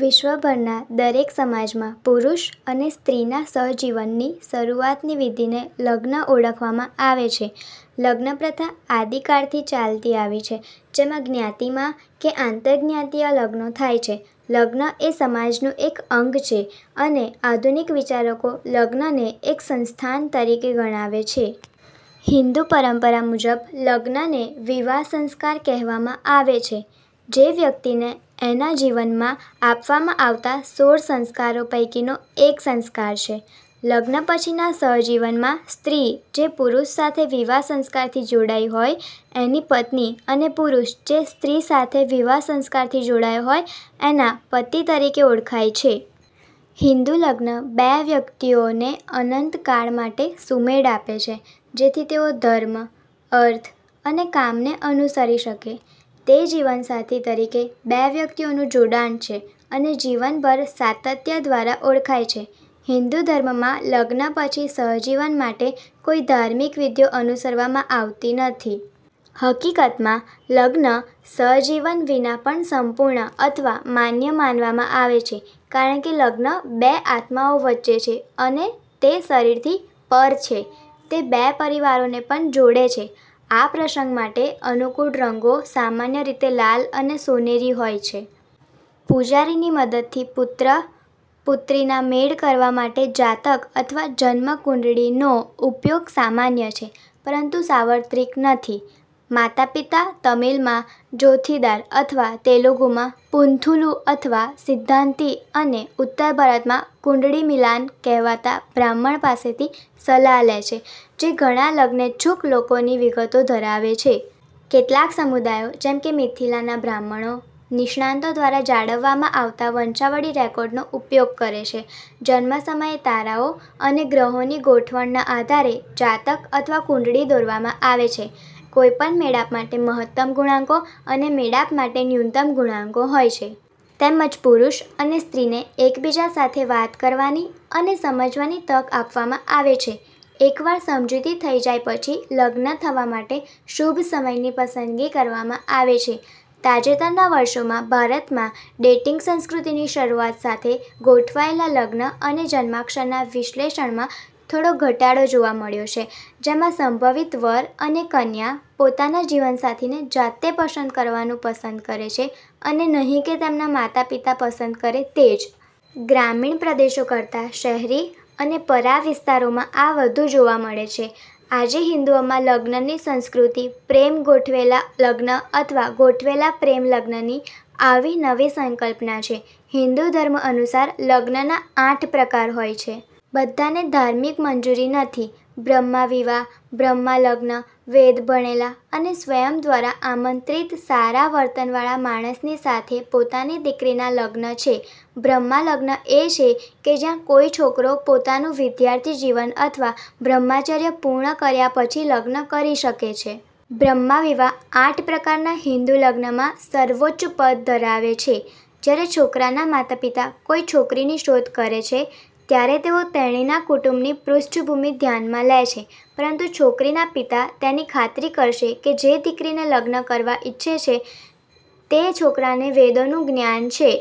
વિશ્વભરના દરેક સમાજમાં પુરુષ અને સ્ત્રીના સહજીવનની શરુઆતની વિધિને લગ્ન ઓળખવામાં આવે છે. લગ્નપ્રથા આદિકાળથી ચાલતી આવી છે, જેમાં જ્ઞાતિમાં કે આંતરજ્ઞાતિય લગ્નો થાય છે. લગ્ન એ સમાજનું એક અંગ છે અને આધુનિક વિચારકો લગ્નને એક સંસ્થાન તરીકે ગણાવે છે. હિંદુ પરંપરા મુજબ લગ્નને વિવાહ સંસ્કાર કહેવામાં આવે છે, જે વ્યક્તિને એના જીવનમાં આપવામાં આવતા સોળ સંસ્કારો પૈકીનો એક સંસ્કાર છે. લગ્ન પછીના સહજીવનમાં સ્ત્રી જે પુરુષ સાથે વિવાહ સંસ્કારથી જોડાઈ હોય એની પત્ની અને પુરુષ જે સ્ત્રી સાથે વિવાહ સંસ્કારથી જોડાયો હોય એના પતિ તરીકે ઓળખાય છે. હિન્દુ લગ્ન બે વ્યક્તિઓ ને અનંતકાળ માટે સુમેળ આપે છે, જેથી તેઓ ધર્મ, અર્થ અને કામને અનુસરી શકે. તે જીવનસાથી તરીકે બે વ્યક્તિઓનું જોડાણ છે, અને જીવનભર સાતત્ય દ્વારા ઓળખાય છે. હિન્દુ ધર્મમાં, લગ્ન પછી સહજીવન માટે કોઈ ધાર્મિક વિધિઓ અનુસરવામાં આવતી નથી. હકીકતમાં, લગ્ન સહજીવન વિના પણ સંપૂર્ણ અથવા માન્ય માનવામાં આવે છે, કારણ કે લગ્ન બે આત્માઓ વચ્ચે છે અને તે શરીરથી પર છે. તે બે પરિવારોને પણ જોડે છે. આ પ્રસંગ માટે અનુકૂળ રંગો સામાન્ય રીતે લાલ અને સોનેરી હોય છે. પૂજારીની મદદથી પુત્ર/પુત્રીના મેળ કરવા માટે જાતક અથવા જન્મ કુંડળી નો ઉપયોગ સામાન્ય છે, પરંતુ સાર્વત્રિક નથી. માતા-પિતા તમિલ માં 'જોથીદાર' અથવા તેલુગુ માં 'પંથુલું અથવા સિદ્ધાંતી' અને ઉત્તર ભારતમાં 'કુંડળી મિલાન' કહેવાતા બ્રાહ્મણ પાસેથી સલાહ લે છે, જે ઘણા લગ્નેચ્છુક લોકોની વિગતો ધરાવે છે. કેટલાક સમુદાયો, જેમ કે મિથિલાના બ્રાહ્મણો, નિષ્ણાતો દ્વારા જાળવવામાં આવતા વંશાવળી રેકોર્ડ નો ઉપયોગ કરે છે. જન્મ સમયે તારાઓ અને ગ્રહોની ગોઠવણના આધારે જાતક અથવા કુંડળી દોરવામાં આવે છે. કોઈપણ મેળાપ માટે મહત્તમ ગુણાંકો અને મેળાપ માટે ન્યૂનતમ ગુણાંકો છે. તેમજ પુરુષ અને સ્ત્રીને એકબીજા સાથે વાત કરવાની અને સમજવાની તક આપવામાં આવે છે. એકવાર સમજૂતી થઈ જાય પછી લગ્ન થવા માટે શુભ સમયની પસંદગી કરવામાં આવે છે. તાજેતરના વર્ષોમાં, ભારતમાં ડેટિંગ સંસ્કૃતિની શરૂઆત સાથે, ગોઠવાયેલા લગ્ન અને જન્માક્ષરના વિશ્લેષણમાં થોડો ઘટાડો જોવા મળ્યો છે, જેમાં સંભવિત વર અને કન્યા પોતાના જીવનસાથીને જાતે પસંદ કરવાનું પસંદ કરે છે અને નહીં કે તેમના માતાપિતા પસંદ કરે તે જ. ગ્રામીણ પ્રદેશો કરતા શહેરી અને પરા વિસ્તારોમાં આ વધુ જોવા મળે છે. આજે હિંદુઓમાં લગ્નની સંસ્કૃતિ પ્રેમ-ગોઠવેલા લગ્ન અથવા ગોઠવેલા-પ્રેમ લગ્નની આવી નવી સંકલ્પના છે. હિન્દુ ધર્મ અનુસાર લગ્નના આઠ પ્રકાર હોય છે. બધાને ધાર્મિક મંજૂરી નથી. બ્રહ્મ વિવાહ બ્રહ્મ લગ્ન, વેદ ભણેલા, અને સ્વયં દ્વારા આમંત્રિત સારા વર્તન વાળા માણસની સાથે પોતાની દીકરીના લગ્ન છે. બ્રહ્મ લગ્ન એ છે કે જ્યાં કોઈ છોકરો પોતાનું વિદ્યાર્થી જીવન અથવા બ્રહ્મચર્ય પૂર્ણ કર્યા પછી લગ્ન કરી શકે છે. બ્રહ્મ વિવાહ આઠ પ્રકારનાં હિન્દુ લગ્નમાં સર્વોચ્ચ પદ ધરાવે છે. જ્યારે છોકરાના માતાપિતા કોઈ છોકરીની શોધ કરે છે, ત્યારે તેઓ તેણીના કુટુંબની પૃષ્ઠભૂમિ ધ્યાનમાં લે છે, પરંતુ છોકરીના પિતા તેની ખાતરી કરશે કે જે દીકરીને લગ્ન કરવા ઇચ્છે છે તે છોકરાને વેદોનું જ્ઞાન છે.